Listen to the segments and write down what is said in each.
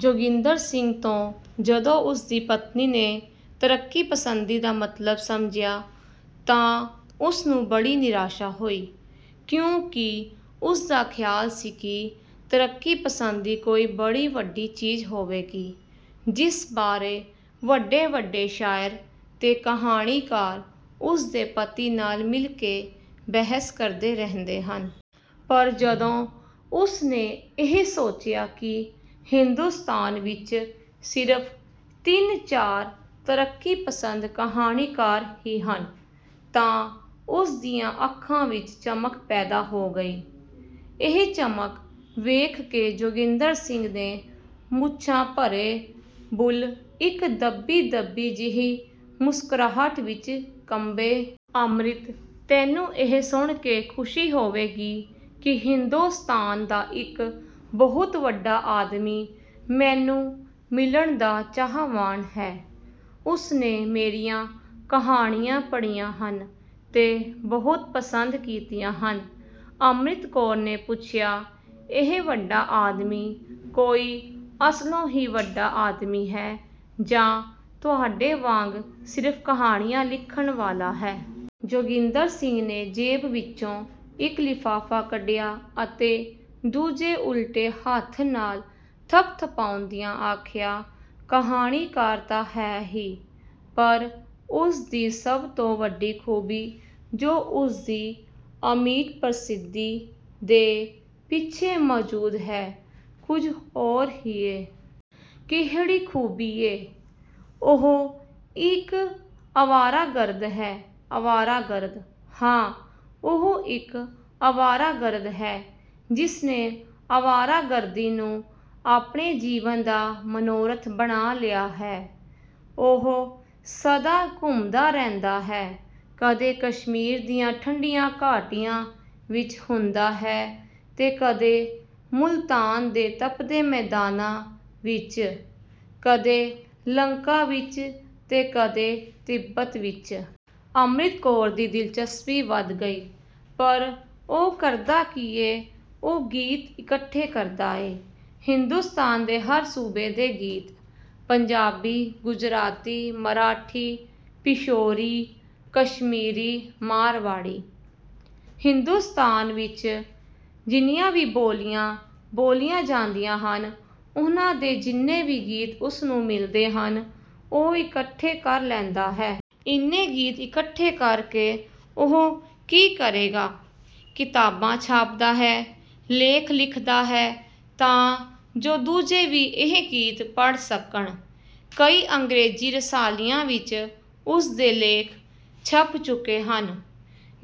ਜੋਗਿੰਦਰ ਸਿੰਘ ਤੋਂ ਜਦੋਂ ਉਸਦੀ ਪਤਨੀ ਨੇ ਤਰੱਕੀਪਸੰਦੀ ਦਾ ਮਤਲਬ ਸਮਝਿਆ ਤਾਂ ਉਸਨੂੰ ਬੜੀ ਨਿਰਾਸ਼ਾ ਹੋਈ ਕਿਉਂਕਿ ਉਸਦਾ ਖ਼ਿਆਲ ਸੀ ਕਿ ਤਰੱਕੀਪਸੰਦੀ ਕੋਈ ਬੜੀ ਵੱਡੀ ਚੀਜ਼ ਹੋਵੇਗੀ ਜਿਸ ਬਾਰੇ ਵੱਡੇ-ਵੱਡੇ ਸ਼ਾਇਰ ਤੇ ਕਹਾਣੀਕਾਰ ਉਸਦੇ ਪਤੀ ਨਾਲ ਮਿਲ ਕੇ ਬਹਿਸ ਕਰਦੇ ਰਹਿੰਦੇ ਹਨ। ਪਰ ਜਦੋਂ ਉਸਨੇ ਇਹ ਸੋਚਿਆ ਕਿ ਹਿੰਦੋਸਤਾਨ ਵਿੱਚ ਸਿਰਫ਼ ਤਿੰਨ-ਚਾਰ ਤਰੱਕੀਪਸੰਦ ਕਹਾਣੀਕਾਰ ਹੀ ਹਨ ਤਾਂ ਉਸਦੀਆਂ ਅੱਖਾਂ ਵਿੱਚ ਚਮਕ ਪੈਦਾ ਹੋ ਗਈ। ਇਹ ਚਮਕ ਵੇਖ ਕੇ ਜੋਗਿੰਦਰ ਸਿੰਘ ਦੇ ਮੁੱਛਾਂ-ਭਰੇ ਬੁੱਲ੍ਹ ਇੱਕ ਦੱਬੀ-ਦੱਬੀ ਜਿਹੀ ਮੁਸਕਰਾਹਟ ਵਿੱਚ ਕੰਬੇ। ਅੰਮ੍ਰਿਤ, ਤੈਨੂੰ ਇਹ ਸੁਣ ਕੇ ਖੁਸ਼ੀ ਹੋਵੇਗੀ ਕਿ ਹਿੰਦੋਸਤਾਨ ਦਾ ਇੱਕ ਬਹੁਤ ਵੱਡਾ ਆਦਮੀ ਮੈਨੂੰ ਮਿਲਣ ਦਾ ਚਾਹਵਾਨ ਹੈ। ਉਸਨੇ ਮੇਰੀਆਂ ਕਹਾਣੀਆਂ ਪੜ੍ਹੀਆਂ ਹਨ ਤੇ ਬਹੁਤ ਪਸੰਦ ਕੀਤੀਆਂ ਹਨ। ਅੰਮ੍ਰਿਤ ਕੌਰ ਨੇ ਪੁੱਛਿਆ, ਇਹ ਵੱਡਾ ਆਦਮੀ ਕੋਈ ਅਸਲੋਂ ਹੀ ਵੱਡਾ ਆਦਮੀ ਹੈ ਜਾਂ ਤੁਹਾਡੇ ਵਾਂਗ ਸਿਰਫ਼ ਕਹਾਣੀਆਂ ਲਿਖਣ ਵਾਲਾ ਹੈ? ਜੋਗਿੰਦਰ ਸਿੰਘ ਨੇ ਜੇਬ ਵਿੱਚੋਂ ਇੱਕ ਲਿਫ਼ਾਫ਼ਾ ਕੱਢਿਆ ਅਤੇ ਦੂਜੇ ਉਲਟੇ ਹੱਥ ਨਾਲ ਥਪਥਪਾਉਂਦਿਆਂ ਆਖਿਆ, ਕਹਾਣੀਕਾਰ ਤਾਂ ਹੈ ਹੀ ਪਰ ਉਸਦੀ ਸਭ ਤੋਂ ਵੱਡੀ ਖੂਬੀ ਜੋ ਉਸਦੀ ਅਮਿੱਟ ਪ੍ਰਸਿੱਧੀ ਦੇ ਪਿੱਛੇ ਮੌਜੂਦ ਹੈ ਕੁਝ ਹੋਰ ਹੀ ਏ। ਕਿਹੜੀ ਖੂਬੀ ਏ? ਉਹ ਇੱਕ ਅਵਾਰਾਗਰਦ ਹੈ। ਅਵਾਰਾਗਰਦ? ਹਾਂ, ਉਹ ਇੱਕ ਅਵਾਰਾਗਰਦ ਹੈ ਜਿਸਨੇ ਅਵਾਰਾਗਰਦੀ ਨੂੰ ਆਪਣੇ ਜੀਵਨ ਦਾ ਮਨੋਰਥ ਬਣਾ ਲਿਆ ਹੈ। ਉਹ ਸਦਾ ਘੁੰਮਦਾ ਰਹਿੰਦਾ ਹੈ, ਕਦੇ ਕਸ਼ਮੀਰ ਦੀਆਂ ਠੰਡੀਆਂ ਘਾਟੀਆਂ ਵਿੱਚ ਹੁੰਦਾ ਹੈ ਤੇ ਕਦੇ ਮੁਲਤਾਨ ਦੇ ਤਪਦੇ ਮੈਦਾਨਾਂ ਵਿੱਚ, ਕਦੇ ਲੰਕਾ ਵਿੱਚ ਤੇ ਕਦੇ ਤਿੱਬਤ ਵਿੱਚ। ਅੰਮ੍ਰਿਤ ਕੌਰ ਦੀ ਦਿਲਚਸਪੀ ਵਧ ਗਈ। ਪਰ ਉਹ ਕਰਦਾ ਕੀ ਏ? ਉਹ ਗੀਤ ਇਕੱਠੇ ਕਰਦਾ ਏ। ਹਿੰਦੋਸਤਾਨ ਦੇ ਹਰ ਸੂਬੇ ਦੇ ਗੀਤ, ਪੰਜਾਬੀ, ਗੁਜਰਾਤੀ, ਮਰਾਠੀ, ਪਿਸ਼ੌਰੀ, ਕਸ਼ਮੀਰੀ, ਮਾਰਵਾੜੀ। ਹਿੰਦੋਸਤਾਨ ਵਿੱਚ ਜਿੰਨੀਆਂ ਵੀ ਬੋਲੀਆਂ ਬੋਲੀਆਂ ਜਾਂਦੀਆਂ ਹਨ ਉਨ੍ਹਾਂ ਦੇ ਜਿੰਨੇ ਵੀ ਗੀਤ ਉਸਨੂੰ ਮਿਲਦੇ ਹਨ ਉਹ ਇਕੱਠੇ ਕਰ ਲੈਂਦਾ ਹੈ। ਇੰਨੇ ਗੀਤ ਇਕੱਠੇ ਕਰਕੇ ਉਹ ਕੀ ਕਰੇਗਾ? ਕਿਤਾਬਾਂ ਛਾਪਦਾ ਹੈ, ਲੇਖ ਲਿਖਦਾ ਹੈ ਤਾਂ ਜੋ ਦੂਜੇ ਵੀ ਇਹ ਗੀਤ ਪੜ੍ਹ ਸਕਣ। ਕਈ ਅੰਗ੍ਰੇਜ਼ੀ ਰਸਾਲਿਆਂ ਵਿੱਚ ਉਸਦੇ ਲੇਖ ਛਪ ਚੁੱਕੇ ਹਨ।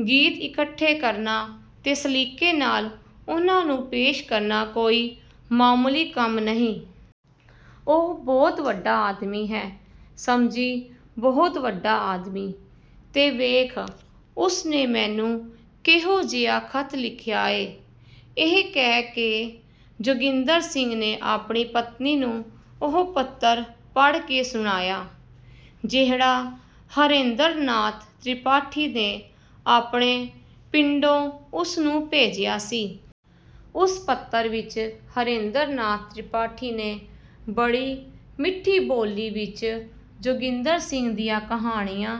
ਗੀਤ ਇਕੱਠੇ ਕਰਨਾ ਤੇ ਸਲੀਕੇ ਨਾਲ ਉਨ੍ਹਾਂ ਨੂੰ ਪੇਸ਼ ਕਰਨਾ ਕੋਈ ਮਾਮੂਲੀ ਕੰਮ ਨਹੀਂ। ਉਹ ਬਹੁਤ ਵੱਡਾ ਆਦਮੀ ਹੈ, ਸਮਝੀ, ਬਹੁਤ ਵੱਡਾ ਆਦਮੀ! ਤੇ ਵੇਖ, ਉਸਨੇ ਮੈਨੂੰ ਕਿਹੋ ਜਿਹਾ ਖ਼ਤ ਲਿਖਿਆ ਏ। ਇਹ ਕਹਿ ਕੇ, ਜੋਗਿੰਦਰ ਸਿੰਘ ਨੇ ਆਪਣੀ ਪਤਨੀ ਨੂੰ ਉਹ ਪੱਤਰ ਪੜ੍ਹ ਕੇ ਸੁਣਾਇਆ ਜਿਹੜਾ ਹਰੇਂਦਰ ਨਾਥ ਤ੍ਰਿਪਾਠੀ ਨੇ ਆਪਣੇ ਪਿੰਡੋਂ ਉਸਨੂੰ ਭੇਜਿਆ ਸੀ। ਉਸ ਪੱਤਰ ਵਿੱਚ ਹਰੇਂਦਰ ਨਾਥ ਤ੍ਰਿਪਾਠੀ ਨੇ ਬੜੀ ਮਿੱਠੀ ਬੋਲੀ ਵਿੱਚ ਜੋਗਿੰਦਰ ਸਿੰਘ ਦੀਆਂ ਕਹਾਣੀਆਂ